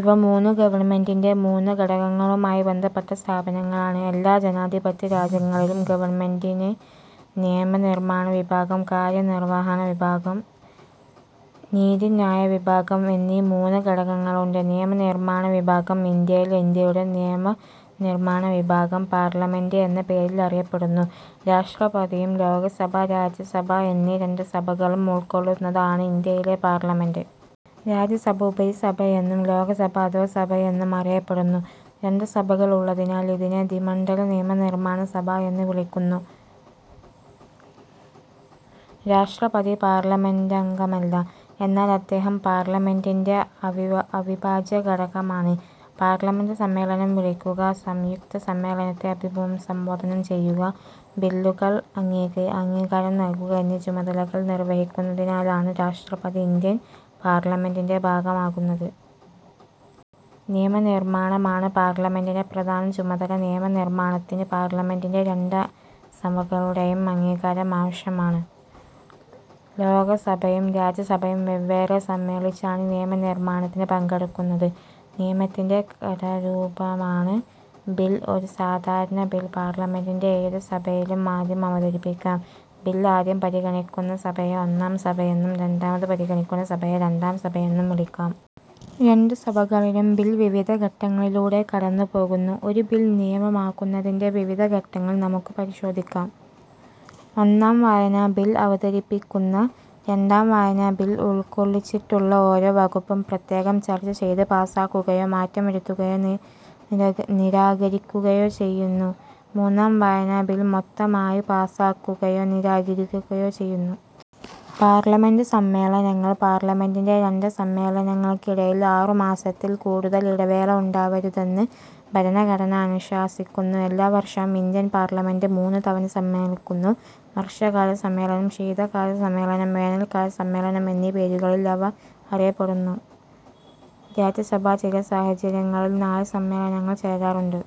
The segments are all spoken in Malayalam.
ഇവ മൂന്നും ഗവൺമെന്റിന്റെ മൂന്നു ഘടകങ്ങളുമായി ബന്ധപ്പെട്ട സ്ഥാപനങ്ങളാണ്. എല്ലാ ജനാധിപത്യരാജ്യങ്ങളിലും ഗവൺമെന്റിന് നിയമ നിർമാണവിഭാഗം, കാര്യനിർവഹണവിഭാഗം, നീതിന്യായ വിഭാഗം എന്നീ മൂന്ന് ഘടകങ്ങളുണ്ട്. നിയമനിർമാണവിഭാഗം ഇന്ത്യയിൽ ഇന്ത്യയുടെ നിയമനിർമാണവിഭാഗം പാർലമെന്റ് എന്ന പേരിൽ അറിയപ്പെടുന്നു. രാഷ്ട്രപതിയും ലോകസഭ, രാജ്യസഭ എന്നീ രണ്ട് സഭകളും ഉൾക്കൊള്ളുന്നതാണ് ഇന്ത്യയിലെ പാർലമെന്റ്. രാജ്യസഭ ഉപരിസഭയെന്നും ലോകസഭ അധോസഭയെന്നും അറിയപ്പെടുന്നു. രണ്ട് സഭകൾ ഉള്ളതിനാൽ ഇതിനെ ദ്വിമണ്ഡല നിയമനിർമാണ സഭ എന്ന് വിളിക്കുന്നു. രാഷ്ട്രപതി പാർലമെന്റംഗമല്ല. എന്നാൽ അദ്ദേഹം പാർലമെന്റിന്റെ അവിഭാജ്യ ഘടകമാണ്. പാർലമെന്റ് സമ്മേളനം വിളിക്കുക, സംയുക്ത സമ്മേളനത്തെ അഭിസംബോധന ചെയ്യുക, ബില്ലുകൾക്ക് അംഗീകാരം നൽകുക എന്നീ ചുമതലകൾ നിർവഹിക്കുന്നതിനാലാണ് രാഷ്ട്രപതി ഇന്ത്യൻ പാർലമെന്റിന്റെ ഭാഗമാകുന്നത്. നിയമനിർമാണമാണ് പാർലമെന്റിന്റെ പ്രധാന ചുമതല. നിയമ നിർമാണത്തിന് പാർലമെന്റിന്റെ രണ്ട് സഭകളുടെയും അംഗീകാരം ആവശ്യമാണ്. ലോകസഭയും രാജ്യസഭയും വെവ്വേറെ സമ്മേളിച്ചാണ് നിയമനിർമാണത്തിൽ പങ്കെടുക്കുന്നത്. നിയമത്തിന്റെ കരടുരൂപമാണ് ബിൽ. ഒരു സാധാരണബിൽ പാർലമെന്റിന്റെ ഏതു സഭയിലും ആദ്യം അവതരിപ്പിക്കാം. ബിൽ ആദ്യം പരിഗണിക്കുന്ന സഭയെ ഒന്നാം സഭയെന്നും രണ്ടാമതു പരിഗണിക്കുന്ന സഭയെ രണ്ടാം സഭയെന്നും വിളിക്കാം. രണ്ട് സഭകളിലും ബിൽ വിവിധ ഘട്ടങ്ങളിലൂടെ കടന്നുപോകുന്നു. ഒരു ബിൽ നിയമമാകുന്നതിന്റെ വിവിധ ഘട്ടങ്ങൾ നമുക്ക്പരിശോധിക്കാം. ഒന്നാം വായന-ബിൽ അവതരിപ്പിക്കുന്നു. രണ്ടാം വായന-ബില്ലിൽ ഉൾക്കൊള്ളിച്ചിട്ടുള്ള ഓരോ വകുപ്പും പ്രത്യേകം ചർച്ച ചെയ്ത് പാസ്സാക്കുകയോ മാറ്റം വരുത്തുകയോ നിരാകരിക്കുകയോ ചെയ്യുന്നു. മൂന്നാം വായന-ബിൽ മൊത്തമായി പാസ്സാക്കുകയോ നിരാകരിക്കുകയോ ചെയ്യുന്നു. പാർലമെന്റ് സമ്മേളനങ്ങൾ പാർലമെന്റിന്റെ രണ്ട് സമ്മേളനങ്ങൾക്കിടയിൽ ആറുമാസത്തിൽ കൂടുതൽ ഇടവേള ഉണ്ടാവരുതെന്ന് ഭരണഘടന അനുശാസിക്കുന്നു. എല്ലാ വർഷവും ഇന്ത്യൻ പാർലമെന്റ് മൂന്ന് തവണ സമ്മേളിക്കുന്നു. വർഷ കാല സമ്മേളനം, ശീതകാല സമ്മേളനം, വേനൽക്കാല സമ്മേളനം എന്നീ പേരുകളിൽ അവ അറിയപ്പെടുന്നു. രാജ്യസഭ ചില സാഹചര്യങ്ങളിൽ നാല് സമ്മേളനങ്ങൾ ചേരാറുണ്ട്.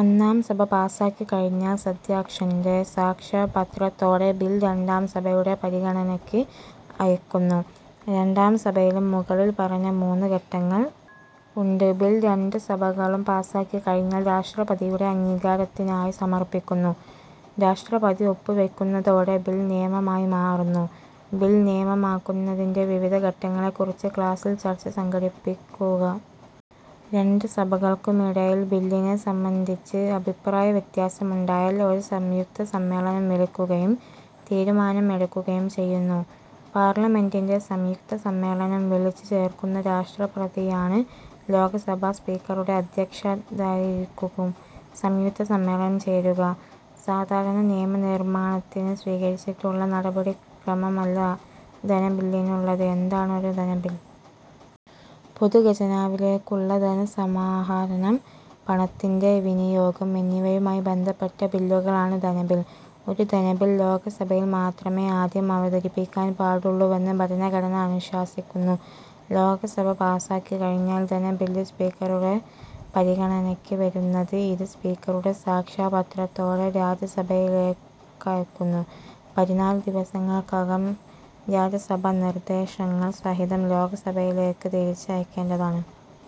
ഒന്നാം സഭ പാസാക്കിക്കഴിഞ്ഞാൽ സഭാദ്ധ്യക്ഷന്റെ സാക്ഷ്യപത്രത്തോടെ ബിൽ രണ്ടാം സഭയുടെ പരിഗണനയ്ക്ക് അയയ്ക്കുന്നു. രണ്ടാം സഭയിലും മുകളിൽ പറഞ്ഞ മൂന്ന് ഘട്ടങ്ങൾ ഉണ്ട്. ബിൽ രണ്ട് സഭകളും പാസാക്കിക്കഴിഞ്ഞാൽ രാഷ്ട്രപതിയുടെ അംഗീകാരത്തിനായി സമർപ്പിക്കുന്നു. രാഷ്ട്രപതി ഒപ്പുവയ്ക്കുന്നതോടെ ബിൽ നിയമമായി മാറുന്നു. ബിൽ നിയമമാകുന്നതിന്റെ വിവിധ ഘട്ടങ്ങളെക്കുറിച്ച് ക്ലാസിൽ ചർച്ച സംഘടിപ്പിക്കുക. രണ്ട് സഭകൾക്കുമിടയിൽ ബില്ലിനെ സംബന്ധിച്ച് അഭിപ്രായവ്യത്യാസം ഉണ്ടായാൽ ഒരു സംയുക്ത സമ്മേളനം വിളിക്കുകയും തീരുമാനം എടുക്കുകയും ചെയ്യുന്നു. പാർലമെന്റിന്റെ സംയുക്ത സമ്മേളനം വിളിച്ചു ചേർക്കുന്നത് രാഷ്ട്രപതിയാണ്. ലോകസഭാ സ്പീക്കറുടെ അദ്ധ്യക്ഷതയിലായിരിക്കും സംയുക്ത സമ്മേളനം ചേരുക. സാധാരണ നിയമനിർമാണത്തിന് സ്വീകരിച്ചിട്ടുള്ള നടപടിക്രമം അല്ല ധനബില്ലിനുള്ളത്. എന്താണ് ഒരു ധനബിൽ? പൊതുഖജനാവിലേക്കുള്ള ധനസമാഹരണം, പണത്തിന്റെ വിനിയോഗം എന്നിവയുമായി ബന്ധപ്പെട്ട ബില്ലുകളാണ് ധനബിൽ. ഒരു ധനബിൽ ലോകസഭയിൽ മാത്രമേ ആദ്യം അവതരിപ്പിക്കാൻ പാടുള്ളൂവെന്ന് ഭരണഘടന അനുശാസിക്കുന്നു. ലോക സഭ പാസ്സാക്കി കഴിഞ്ഞാൽ ധനബില്ലു സ്പീക്കറുടെ പരിഗണനയ്ക്ക് വരുന്നത്. ഇത് സ്പീക്കറുടെ സാക്ഷ്യപത്രത്തോടെ രാജ്യസഭയിലേക്കയക്കുന്നു. പതിനാല് ദിവസങ്ങൾക്കകം രാജ്യസഭ നിർദേശങ്ങൾ സഹിതം ലോകസഭയിലേക്ക് തിരിച്ച് അയക്കേണ്ടതാണ്.